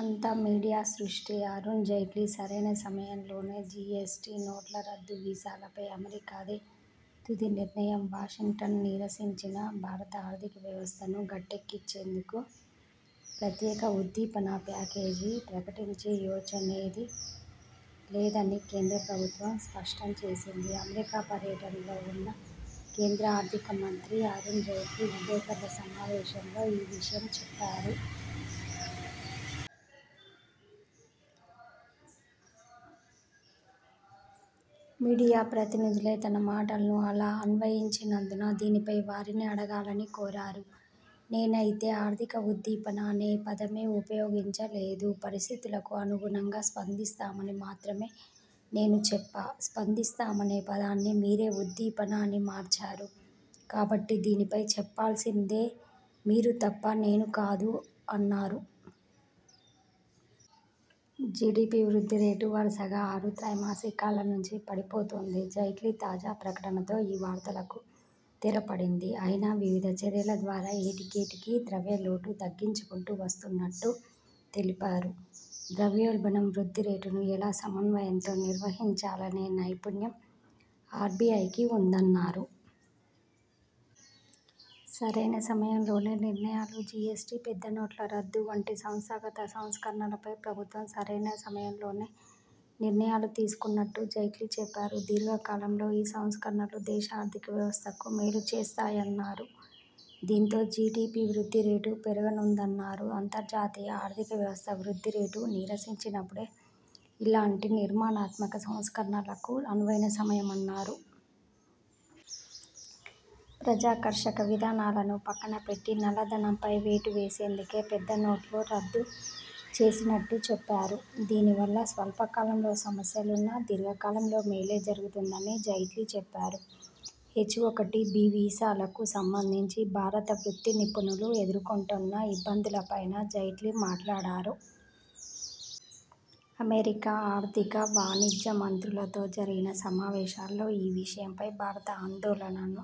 అంతా మీడియా సృష్టే అరుణ్ జైట్లీ సరైన సమయంలోనే జిఎస్టి, నోట్ల రద్దు వీసాలపై అమెరికాదే తుది నిర్ణయం వాషింగ్టన్ నీరసించిన భారత ఆర్థిక వ్యవస్థను గట్టెక్కించేందుకు ప్రత్యేక ఉద్దీపన ప్యాకేజీ ప్రకటించే యోచనేదీ లేదని కేంద్ర ప్రభుత్వం స్పష్టం చేసింది. అమెరికా పర్యటనలో ఉన్న కేంద్ర ఆర్థిక మంత్రి అరుణ్ జైట్లీ విలేకరుల సమావేశంలో ఈ విషయం చెప్పారు. మీడియా ప్రతినిధులే తన మాటలను అలా అన్వయించినందున దీనిపై వారినే అడగాలని కోరారు. నేనైతే ఆర్థిక ఉద్దీపన అనే పదమే ఉపయోగించలేదు. పరిస్థితులకు అనుగుణంగా స్పందిస్తామని మాత్రమే నేను చెప్పా. స్పందిస్తామనే పదాన్ని మీరే ఉద్దీపన అని మార్చారు. కాబట్టి దీనిపై చెప్పాల్సిందే మీరు తప్ప నేను కాదు అన్నారు. జిడిపి వృద్ధి రేటు వరసగా ఆరు త్రైమాసికాల నుంచి పడిపోతోంది. జైట్లీ తాజా ప్రకటనతో ఈ వార్తలకు తెరపడింది. అయినా వివిధ చర్యల ద్వారా ఏటికేటికి ద్రవ్య లోటు తగ్గించుకుంటూ వస్తున్నట్టు తెలిపారు. ద్రవ్యోల్బణం వృద్ధి రేటును ఎలా సమన్వయంతో నిర్వహించాలనే నైపుణ్యం ఆర్బిఐకి ఉందన్నారు. సరైన సమయంలోనే నిర్ణయాలు జిఎస్టి, పెద్ద నోట్ల రద్దు వంటి సంస్థాగత సంస్కరణలపై ప్రభుత్వం సరైన సమయంలోనే నిర్ణయాలు తీసుకున్నట్టు జైట్లీ చెప్పారు. దీర్ఘ కాలంలో ఈ సంస్కరణలు దేశ ఆర్థిక వ్యవస్థకు మేలు చేస్తాయన్నారు. దీంతో జిడిపి వృద్ధి రేటూ పెరగనుందన్నారు. అంతర్జాతీయ ఆర్థిక వ్యవస్థ వృద్ధి రేటు నీరసించినపుడే ఇలాంటి నిర్మాణాత్మక సంస్కరణలకు అనువైన సమయమన్నారు. ప్రజాకర్షక విధానాలను పక్కన పెట్టి నల్ల ధనంపై వేటు వేసేందుకే పెద్ద నోట్లు రద్దు చేసినట్టు చెప్పారు. దీని వల్ల స్వల్ప కాలంలో సమస్యలున్నా దీర్ఘ కాలంలో మేలే జరుగుతుందని జైట్లీ చెప్పారు. హెచ్ఒకటిబి వీసాలకు సంబంధించి భారత వృత్తి నిపుణులు ఎదుర్కొంటున్న ఇబ్బందులపైనా జైట్లీ మాట్లాడారు. అమెరికా ఆర్థిక, వాణిజ్య మంత్రులతో జరిగిన సమావేశాల్లో ఈ విషయంపై భారత ఆందోళనను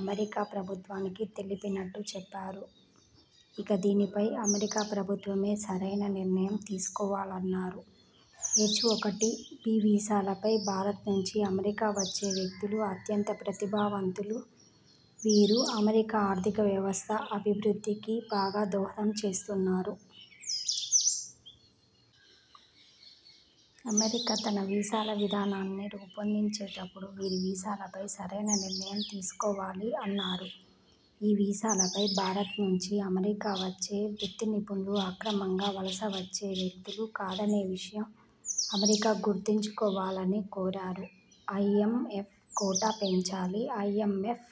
అమెరికా ప్రభుత్వానికి తెలిపినట్టు చెప్పారు. ఇక దీనిపై అమెరికా ప్రభుత్వమే సరైన నిర్ణయం తీసుకోవాలన్నారు. హెచ్ఒకటిబి వీసాలపై భారత్ నుంచి అమెరికా వచ్చే వ్యక్తులు అత్యంత ప్రతిభావంతులు. వీరు అమెరికా ఆర్థిక వ్యవస్థ అభివృద్ధికీ బాగా దోహదం చేస్తున్నారు. అమెరికా తన వీసాల విధానాన్ని రూపొందించేటపుడు వీరి వీసాలపై సరైన నిర్ణయం తీసుకోవాలి అన్నారు. ఈ వీసాలపై భారత్ నుంచి అమెరికా వచ్చే వృత్తి నిపుణులు అక్రమంగా వలస వచ్చే వ్యక్తులు కాదనే విషయం అమెరికా గుర్తుంచుకోవాలని కోరారు. ఐఎంఎఫ్ కోటా పెంచాలి ఐఎంఎఫ్,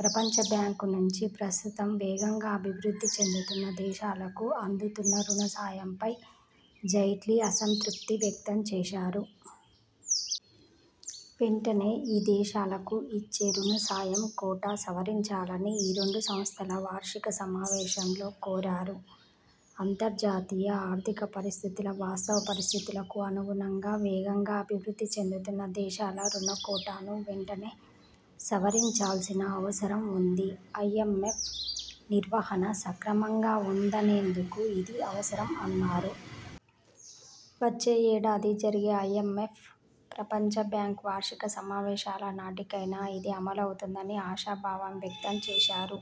ప్రపంచ బ్యాంక్ నుంచి ప్రస్తుతం వేగంగా అభివృద్ధి చెందుతున్న దేశాలకు అందుతున్న రుణ సాయంపై జైట్లీ అసంతృప్తి వ్యక్తం చేశారు. వెంటనే ఈ దేశాలకు ఇచ్చే రుణ సాయం కోటా సవరించాలని ఈ రెండు సంస్థల వార్షిక సమావేశంలో కోరారు. అంతర్జాతీయ ఆర్థిక పరిస్థితుల వాస్తవ పరిస్థితులకు అనుగుణంగా వేగంగా అభివృద్ధి చెందుతున్న దేశాల రుణ కోటాను వెంటనే సవరించాల్సిన అవసరం ఉంది. ఐఎంఎఫ్ నిర్వహణ సక్రమంగా ఉందనేందుకూ ఇది అవసరం అన్నారు. వచ్చే ఏడాది జరిగే ఐఎంఎఫ్, ప్రపంచ బ్యాంక్ వార్షిక సమావేశాల నాటికైనా ఇది అమలవుతుందని ఆశాభావం వ్యక్తం చేశారు.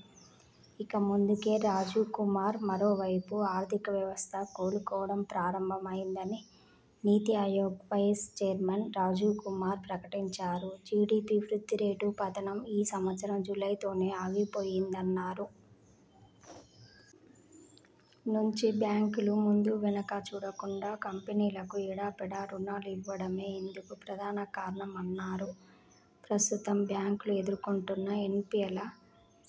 ఇక ముందుకే రాజీవ్ కుమార్మరోవైపు ఆర్థిక వ్యవస్థ కోలుకోవడం ప్రారంభమైందని నీతి ఆయోగ్ వైస్ చైర్మన్ రాజీవ్ కుమార్ ప్రకటించారు. జిడిపి వృద్ధి రేటు పతనం ఈ సంవత్సరం జూలైతోనే ఆగిపోయిందన్నారు. నుంచి బ్యాంకులు ముందు వెనకా చూడకుండా కంపెనీలకు ఎడాపెడా రుణాలు ఇవ్వడమే ఇందుకు ప్రధాన కారణమన్నారు. ప్రస్తుతం బ్యాంకులు ఎదుర్కొంటున్న ఎన్పిఎల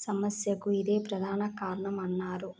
సమస్యకూ ఇదే ప్రధాన కారణమన్నారు.